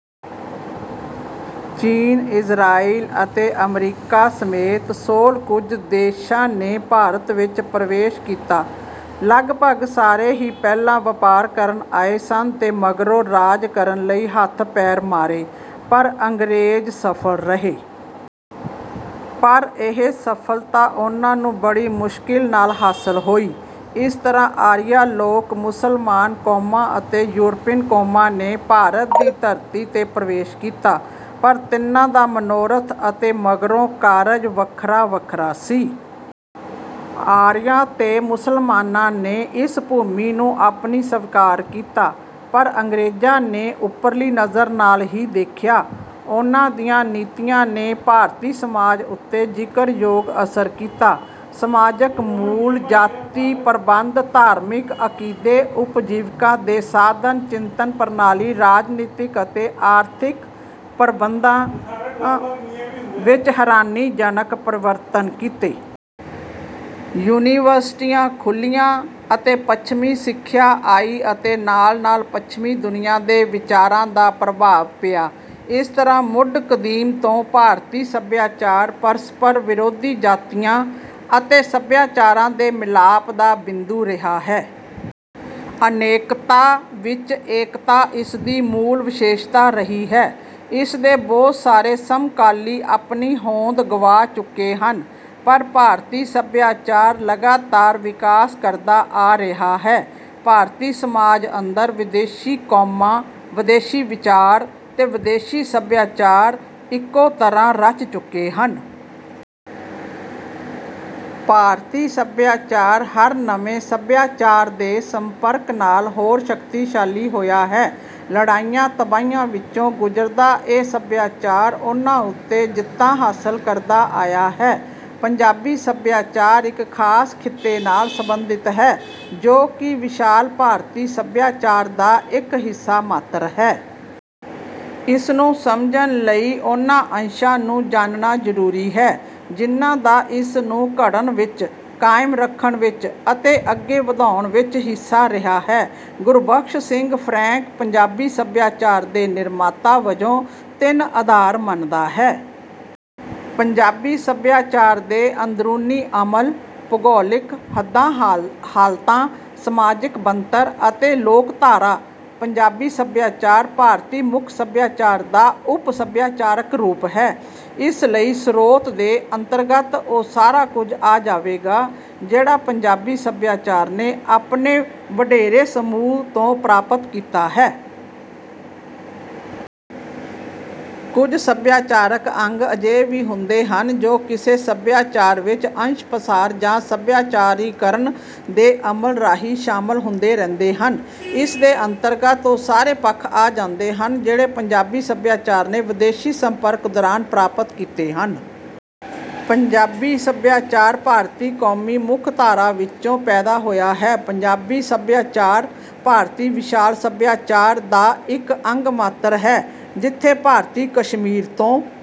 ਚੀਨ, ਇਜ਼ਰਾਈਲ ਅਤੇ ਅਮਰੀਕਾ ਸਮੇਤ ਸੋਲ੍ਹ ਕੁਝ ਦੇਸ਼ਾਂ ਨੇ ਭਾਰਤ ਵਿੱਚ ਪ੍ਰਵੇਸ਼ ਕੀਤਾ। ਲਗਭਗ ਸਾਰੇ ਹੀ ਪਹਿਲਾਂ ਵਪਾਰ ਕਰਨ ਆਏ ਸਨ ਤੇ ਮਗਰੋਂ ਰਾਜ ਕਰਨ ਲਈ ਹੱਥ ਪੈਰ ਮਾਰੇ। ਪਰ ਅੰਗ੍ਰੇਜ਼ ਸਫ਼ਲ ਰਹੇ। ਪਰ ਇਹ ਸਫ਼ਲਤਾ ਉਨ੍ਹਾਂ ਨੂੰ ਬੜੀ ਮੁਸ਼ਕਿਲ ਨਾਲ ਹਾਸਲ ਹੋਈ। ਇਸ ਤਰ੍ਹਾਂ ਆਰੀਆ ਲੋਕ, ਮੁਸਲਮਾਨ ਕੌਮਾਂ ਅਤੇ ਯੂਰਪੀਨ ਕੌਮਾਂ ਨੇ ਭਾਰਤ ਦੀ ਧਰਤੀ 'ਤੇ ਪ੍ਰਵੇਸ਼ ਕੀਤਾ। ਪਰ ਤਿੰਨਾਂ ਦਾ ਮਨੋਰਥ ਅਤੇ ਮਗਰੋਂ ਕਾਰਜ ਵੱਖਰਾ-ਵੱਖਰਾ ਸੀ। ਆਰੀਆਂ ਤੇ ਮੁਸਲਮਾਨਾਂ ਨੇ ਇਸ ਭੂਮੀ ਨੂੰ ਆਪਣੀ ਸਵੀਕਾਰ ਕੀਤਾ, ਪਰ ਅੰਗ੍ਰੇਜ਼ਾਂ ਨੇ ਉਪਰਲੀ ਨਜ਼ਰ ਨਾਲ ਹੀ ਦੇਖਿਆ। ਉਨ੍ਹਾਂ ਦੀਆਂ ਨੀਤੀਆਂ ਨੇ ਭਾਰਤੀ ਸਮਾਜ ਉੱਤੇ ਜ਼ਿਕਰਯੋਗ ਅਸਰ ਕੀਤਾ। ਸਮਾਜਕ ਮੂਲ, ਜਾਤੀ ਪ੍ਰਬੰਧ, ਧਾਰਮਿਕ ਅਕੀਦੇ, ਉਪਜੀਵਿਕਾ ਦੇ ਸਾਧਨ, ਚਿੰਤਨ ਪ੍ਰਣਾਲੀ, ਰਾਜਨੀਤਕ ਅਤੇ ਆਰਥਿਕ ਪ੍ਰਬੰਧਾਂ ਵਿੱਚ ਹੈਰਾਨੀਜਨਕ ਪਰਿਵਰਤਨ ਕੀਤੇ। ਯੂਨੀਵਰਸਿਟੀਆਂ ਖੁੱਲ੍ਹੀਆਂ, ਅਤੇ ਪੱਛਮੀ ਸਿੱਖਿਆ ਆਈ ਅਤੇ ਨਾਲ-ਨਾਲ ਪੱਛਮੀ ਦੁਨੀਆਂ ਦੇ ਵਿਚਾਰਾਂ ਦਾ ਪ੍ਰਭਾਵ ਪਿਆ। ਇਸ ਤਰ੍ਹਾਂ ਮੁੱਢ ਕਦੀਮ ਤੋਂ ਭਾਰਤੀ ਸੱਭਿਆਚਾਰ ਪਰਸਪਰ ਵਿਰੋਧੀ ਜਾਤੀਆਂ ਅਤੇ ਸੱਭਿਆਚਾਰਾਂ ਦੇ ਮਿਲਾਪ ਦਾ ਬਿੰਦੂ ਰਿਹਾ ਹੈ। ਅਨੇਕਤਾ ਵਿੱਚ ਏਕਤਾ ਇਸਦੀ ਮੂਲ ਵਿਸ਼ੇਸ਼ਤਾ ਰਹੀ ਹੈ। ਇਸ ਦੇ ਬਹੁਤ ਸਾਰੇ ਸਮਕਾਲੀ ਆਪਣੀ ਹੋਂਦ ਗਵਾ ਚੁੱਕੇ ਹਨ। ਪਰ ਭਾਰਤੀ ਸੱਭਿਆਚਾਰ ਲਗਾਤਾਰ ਵਿਕਾਸ ਕਰਦਾ ਆ ਰਿਹਾ ਹੈ। ਭਾਰਤੀ ਸਮਾਜ ਅੰਦਰ ਵਿਦੇਸ਼ੀ ਕੌਮਾਂ, ਵਿਦੇਸ਼ੀ ਵਿਚਾਰ, ਤੇ ਵਿਦੇਸ਼ੀ ਸੱਭਿਆਚਾਰ ਇੱਕੋ ਤਰ੍ਹਾਂ ਰਚ ਚੁੱਕੇ ਹਨ। ਭਾਰਤੀ ਸੱਭਿਆਚਾਰ ਹਰ ਨਵੇਂ ਸੱਭਿਆਚਾਰ ਦੇ ਸੰਪਰਕ ਨਾਲ ਹੋਰ ਸ਼ਕਤੀਸ਼ਾਲੀ ਹੋਇਆ ਹੈ। ਲੜਾਈਆਂ ਤਬਾਹੀਆਂ ਵਿੱਚੋਂ ਗੁਜ਼ਰਦਾ ਇਹ ਸੱਭਿਆਚਾਰ ਉਨ੍ਹਾਂ ਉੱਤੇ ਜਿੱਤਾਂ ਹਾਸਲ ਕਰਦਾ ਆਇਆ ਹੈ। ਪੰਜਾਬੀ ਸੱਭਿਆਚਾਰ ਇੱਕ ਖਾਸ ਖਿੱਤੇ ਨਾਲ ਸੰਬੰਧਿਤ ਹੈ ਜੋ ਕਿ ਵਿਸ਼ਾਲ ਭਾਰਤੀ ਸੱਭਿਆਚਾਰ ਦਾ ਇੱਕ ਹਿੱਸਾ ਮਾਤਰ ਹੈ। ਇਸ ਨੂੰ ਸਮਝਣ ਲਈ ਉਨ੍ਹਾਂ ਅੰਸ਼ਾਂ ਨੂੰ ਜਾਣਨਾ ਜ਼ਰੂਰੀ ਹੈ ਜਿਨ੍ਹਾਂ ਦਾ ਇਸ ਨੂੰ ਘੜਨ ਵਿੱਚ, ਕਾਇਮ ਰੱਖਣ ਵਿੱਚ ਅਤੇ ਅੱਗੇ ਵਧਾਉਣ ਵਿੱਚ ਹਿੱਸਾ ਰਿਹਾ ਹੈ। ਗੁਰਬਖ਼ਸ਼ ਸਿੰਘ ਫ਼ਰੈਂਕ ਪੰਜਾਬੀ ਸੱਭਿਆਚਾਰ ਦੇ ਨਿਰਮਾਤਾ ਵਜੋਂ ਤਿੰਨ ਆਧਾਰ ਮੰਨਦਾ ਹੈ। ਪੰਜਾਬੀ ਸੱਭਿਆਚਾਰ ਦੇ ਅੰਦਰੂਨੀ ਅਮਲ, ਭੂਗੋਲਿਕ ਹੱਦਾਂ-ਹਾਲਤਾਂ, ਸਮਾਜਕ ਬਣਤਰ ਅਤੇ ਲੋਕਧਾਰਾ। ਪੰਜਾਬੀ ਸੱਭਿਆਚਾਰ ਭਾਰਤੀ ਮੁੱਖ ਸੱਭਿਆਚਾਰ ਦਾ ਉਪ-ਸੱਭਿਆਚਾਰਕ ਰੂਪ ਹੈ। ਇਸ ਲਈ ਸਰੋਤ ਦੇ ਅੰਤਰਗਤ ਉਹ ਸਾਰਾ ਕੁਝ ਆ ਜਾਵੇਗਾ ਜਿਹੜਾ ਪੰਜਾਬੀ ਸੱਭਿਆਚਾਰ ਨੇ ਆਪਣੇ ਵਡੇਰੇ ਸਮੂਹ ਤੋਂ ਪ੍ਰਾਪਤ ਕੀਤਾ ਹੈ। ਕੁਝ ਸੱਭਿਆਚਾਰਕ ਅੰਗ ਅਜਿਹੇ ਵੀ ਹੁੰਦੇ ਹਨ ਜੋ ਕਿਸੇ ਸੱਭਿਆਚਾਰ ਵਿੱਚ ਅੰਸ਼-ਪਸਾਰ ਜਾਂ ਸੱਭਿਆਚਾਰੀਕਰਨ ਦੇ ਅਮਲ ਰਾਹੀਂ ਸ਼ਾਮਲ ਹੁੰਦੇ ਰਹਿੰਦੇ ਹਨ। ਇਸ ਦੇ ਅੰਤਰਗਤ ਉਹ ਸਾਰੇ ਪੱਖ ਆ ਜਾਂਦੇ ਹਨ ਜਿਹੜੇ ਪੰਜਾਬੀ ਸੱਭਿਆਚਾਰ ਨੇ ਵਿਦੇਸ਼ੀ ਸੰਪਰਕ ਦੌਰਾਨ ਪ੍ਰਾਪਤ ਕੀਤੇ ਹਨ। ਪੰਜਾਬੀ ਸੱਭਿਆਚਾਰ ਭਾਰਤੀ ਕੌਮੀ ਮੁੱਖ ਧਾਰਾ ਵਿੱਚੋਂ ਪੈਦਾ ਹੋਇਆ ਹੈ। ਪੰਜਾਬੀ ਸੱਭਿਆਚਾਰ, ਭਾਰਤੀ ਵਿਸ਼ਾਲ ਸੱਭਿਆਚਾਰ ਦਾ ਇੱਕ ਅੰਗ ਮਾਤਰ ਹੈ। ਜਿਥੇ ਭਾਰਤ ਕਸ਼ਮੀਰ ਤੋਂ